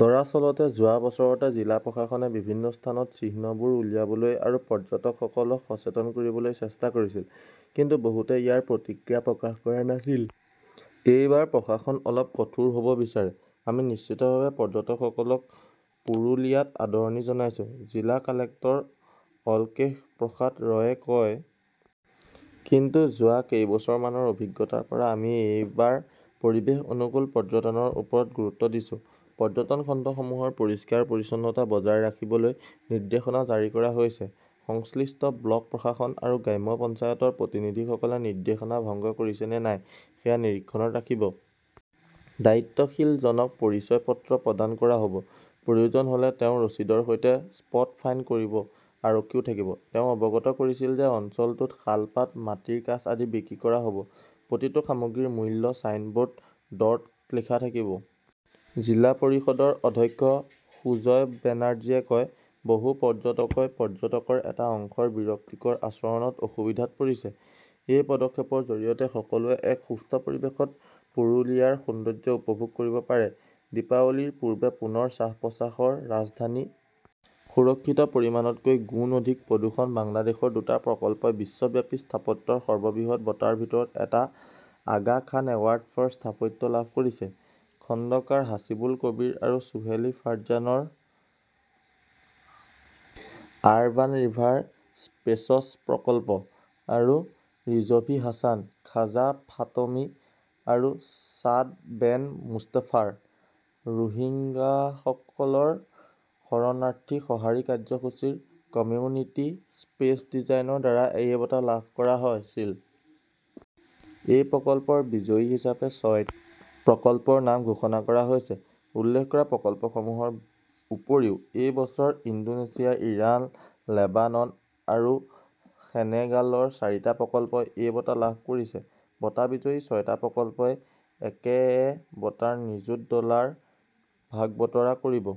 দৰাচলতে, যোৱা বছৰতে জিলা প্ৰশাসনে বিভিন্ন স্থানত চিহ্নবোৰ উলিয়াবলৈ আৰু পৰ্যটকসকলক সচেতন কৰিবলৈ চেষ্টা কৰিছিল। কিন্তু বহুতে ইয়াৰ প্ৰতিক্ৰিয়া প্ৰকাশ কৰা নাছিল। এইবাৰ প্ৰশাসন অলপ কঠোৰ হ "ব বিচাৰে। "আমি নিশ্চিতভাৱে পৰ্যটকসকলক পুৰুলিয়াত আদৰণি জনাইছো", জিলা কালেক্টৰ অলকেশ প্ৰসাদ ৰয়ে কয়। কিন্তু, যোৱা কেইবছৰমানৰ অভিজ্ঞতাৰ পৰা আমি এইবাৰ পৰিৱেশ অনুকূল পৰ্যটনৰ ওপৰত গুৰুত্ব দিছো। পৰ্যটন খণ্ডসমূহৰ পৰিষ্কাৰ-পৰিচ্ছন্নতা বজাই ৰাখিবলৈ নিৰ্দেশনা জাৰি কৰা হৈছে। সংশ্লিষ্ট ব্লক প্ৰশাসন আৰু গ্ৰাম পঞ্চায়তৰ প্ৰতিনিধিসকলে নিৰ্দেশনা ভংগ কৰিছে নে নাই সেয়া নিৰীক্ষণত ৰাখিব। দায়িত্বশীলজনক পৰিচয় পত্ৰ প্ৰদান কৰা হ "ব। প্ৰয়োজন হ "লে তেওঁ ৰচিদৰ সৈতে 'স্পট ফাইন" কৰিব। আৰক্ষীও থাকিব। "তেওঁ অৱগত কৰিছিল যে অঞ্চলটোত শালপাত, মাটিৰ কাঁচ আদি বিক্ৰী কৰা হ" ব। প্ৰতিটো সামগ্ৰীৰ মূল্য ছাইনব "ৰ্ডত লিখা থাকিব। জিলা পৰিষদৰ অধ্যক্ষ সুজয় বেনাৰ্জীয়ে কয়, "বহু পৰ্যটকই পৰ্যটকৰ এটা অংশৰ বিৰক্তিকৰ আচৰণত অসুবিধাত পৰিছে। এই পদক্ষেপৰ জৰিয়তে সকলোৱে এক সুস্থ পৰিৱেশত পুৰুলিয়াৰ সৌন্দৰ্য্য উপভোগ কৰিব পাৰে। "। দীপাৱলীৰ পূৰ্বে পুনৰ 'শ্বাস-প্ৰশ্বাস "ৰ ৰাজধানী! সুৰক্ষিত পৰিমাণতকৈ গুণ অধিক প্ৰদূষণ বাংলাদেশৰ দুটা প্ৰকল্পই বিশ্বব্যাপী স্থাপত্যৰ সৰ্ববৃহৎ বঁটাৰ ভিতৰত এটা "আগা খান এৱাৰ্ড ফৰ স্থাপত্য " লাভ কৰিছে। খণ্ডকাৰ হাছিবুল কবীৰ আৰু চুহেলি ফাৰ্জানাৰ "আৰবান ৰিভাৰ স্পেচছ প্ৰকল্প" আৰু ৰিজভি হাছান, খাজা ফাতমি আৰু ছাদ বেন মুস্তফাৰ "ৰোহিংগাসকলৰ শৰণাৰ্থী সঁহাৰি কাৰ্যসূচী" ৰ কমিউনিটি স্পেচ ডিজাইনৰ দ্বাৰা এই বঁটা লাভ কৰা হৈছিল। এই বছৰ বিজয়ী হিচাপে ছয়টা প্ৰকল্পৰ নাম ঘোষণা কৰা হৈছে। উল্লেখ কৰা প্ৰকল্পসমূহৰ উপৰিও এই বছৰ ইণ্ডোনেছিয়া, ইৰাণ, লেবানন আৰু সেনেগালৰ চাৰিটা প্ৰকল্পই এই বঁটা লাভ কৰিছে। বঁটা বিজয়ী ছয়টা প্ৰকল্পই একেএএ বঁটাৰ নিযুত ডলাৰ ভাগ-বতৰা কৰিব।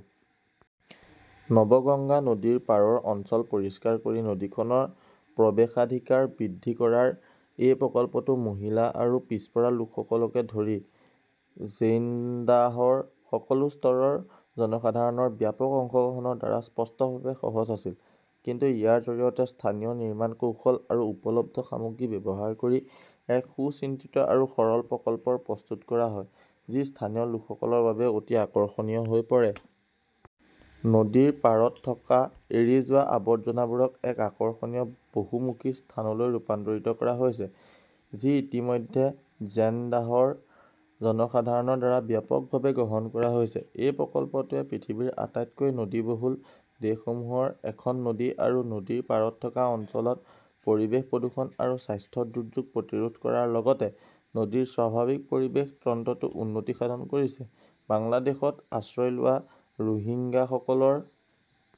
নৱগঙ্গা নদীৰ পাৰৰ অঞ্চল পৰিষ্কাৰ কৰি নদীখনৰ প্ৰৱেশাধিকাৰ বৃদ্ধি কৰাৰ এই প্ৰকল্পটো মহিলা আৰু পিছপৰা লোকসকলকে ধৰি জেইনডাহৰ সকলো স্তৰৰ জনসাধাৰণৰ ব্যাপক অংশগ্ৰহণৰ দ্বাৰা স্পষ্টভাৱে সহজ আছিল। কিন্তু ইয়াৰ জৰিয়তে স্থানীয় নিৰ্মাণ কৌশল আৰু উপলব্ধ সামগ্ৰী ব্যৱহাৰ কৰি এক সুচিন্তিত আৰু সৰল প্ৰকল্প প্ৰস্তুত কৰা হয়, যি স্থানীয় লোকসকলৰ বাবে অতি আকৰ্ষণীয় হৈ পৰে। নদীৰ পাৰত থকা এৰি যোৱা আৱৰ্জনাবোৰক এক আকৰ্ষণীয় বহুমুখী স্থানলৈ ৰূপান্তৰিত কৰা হৈছে, যি ইতিমধ্যে ঝেনদাহৰ জনসাধাৰণৰ দ্বাৰা ব্যাপকভাৱে গ্ৰহণ কৰা হৈছে। এই প্ৰকল্পটোৱে পৃথিৱীৰ আটাইতকৈ নদীবহুল দেশসমূহৰ এখন নদী আৰু নদীৰ পাৰত থকা অঞ্চলত পৰিৱেশ প্ৰদূষণ আৰু স্বাস্থ্য দুৰ্যোগ প্ৰতিৰোধ কৰাৰ লগতে নদীৰ স্বাভাৱিক পৰিৱেশ তন্ত্ৰতো উন্নতি সাধন কৰিছে। বাংলাদেশত আশ্ৰয় লোৱা ৰোহিংগাসকলৰ